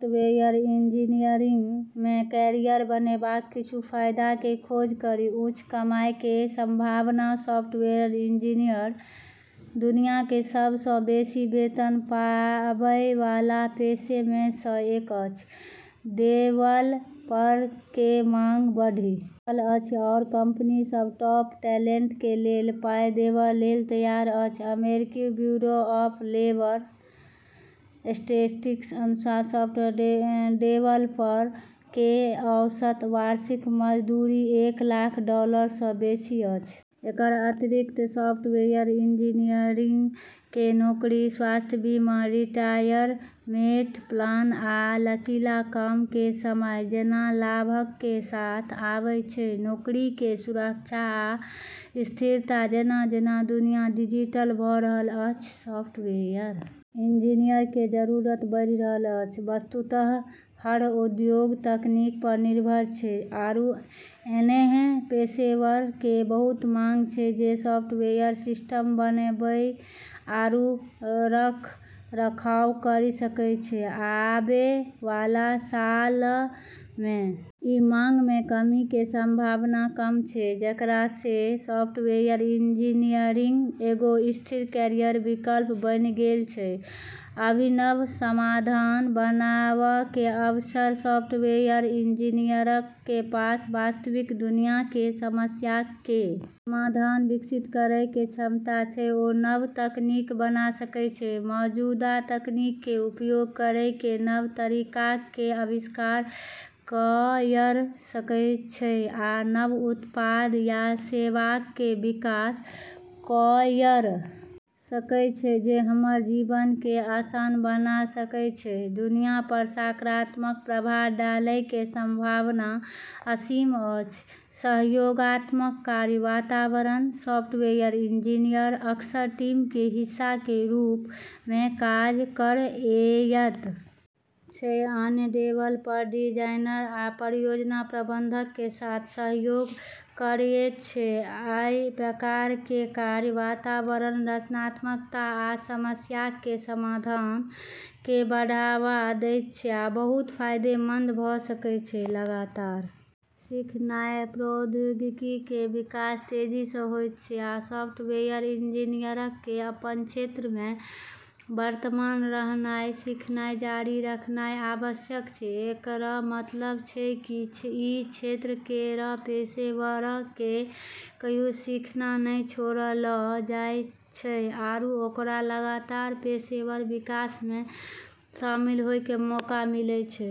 Software engineering में career बनेबाक किछु फायदा के खोज करी, उच्च कमाई के संभावना सॉफ्टवेयर इंजीनियर दुनिया के सब सं बेसी वेतन पाबय वाला पेशे में सं एक अछि, डेवलपर के मांग बढ़ि रहल अछि आओर कंपनी सभ टॉप टैलेंट के लेल पाई देबय लेल तैयार अछि, अमेरिकी ब्यूरो ऑफ लेबर स्टेटिस्टिक्स के अनुसार सॉफ्टवेयर डेवलपर के औसत वार्षिक मजदूरी एक लाख डॉलर सं बेसी अछि, एकर अतिरिक्त सॉफ्टवेयर इंजीनियरिंग कें नौकरी स्वास्थ्य बीमा, रिटायरमेंट प्लान आ लचीला काम कें समय जैना लाभक कें साथ आबै छै, नौकरी के सुरक्षा आ स्थिरता जेना-जेना दुनिया डिजिटल भ रहल अछि, सॉफ्टवेयर इंजीनियर के जरूरत बढ़ि रहल अछि, वस्तुतः हर उद्योग तकनीक पर निर्भर छै आरू ऐन्हऽ पेशेवरऽ के बहुत मांग छै जे सॉफ्टवेयर सिस्टम बनाबै आरू रखरखाव करी सकै छै, आबै वाला सालऽ मे ई मांग मे कमी के संभावना कम छै जेकरा से सॉफ्टवेयर इंजीनियरिंग एगो स्थिर कैरियर विकल्प बनी गेलऽ छै, अभिनव समाधान बनावा कें अवसर सॉफ्टवेयर इंजीनियरक कें पास वास्तविक दुनिया कें समस्याक कें समाधान विकसित करय कें क्षमता छै, ओ नव तकनीक बना सकय छै, मौजूदा तकनीक कें उपयोग करय कें नव तरीकाक कें आविष्कार कयर सकय छै आ नव उत्पाद या सेवाक कें विकास कयर सकय छै जे हमर जीवन कें आसान बना सकय छै, दुनिया पर सकारात्मक प्रभाव डालय के संभावना असीम अछि, सहयोगात्मक कार्य वातावरण सॉफ्टवेयर इंजीनियर अक्सर टीम कें हिस्सा कें रूप मे काज करएयत छै अन्य डेवलपर, डिजाइनर आ परियोजना प्रबंधक कें साथ सहयोग करएयत छै, अइ प्रकार कें कार्य वातावरण रचनात्मकता आ समस्याक कें समाधान कें बढ़ावा देयत छै आ बहुत फायदेमंद भ सकय छै, लगातार सीखनाय प्रौद्योगिकी कें विकास तेजी सं होयत छै आ सॉफ्टवेयर इंजीनियरक कें अपन क्षेत्र मे वर्तमान रहनाय सीखनाय जारी रखनाय आवश्यक छै, एकरऽ मतलब छै कि ई क्षेत्र केरऽ पेशेवरऽ के कहियो सीखना नै छोड़लऽ जाय छै आरू ओकरा लगातार पेशेवर विकास मे शामिल होय के मौका मिलै छै।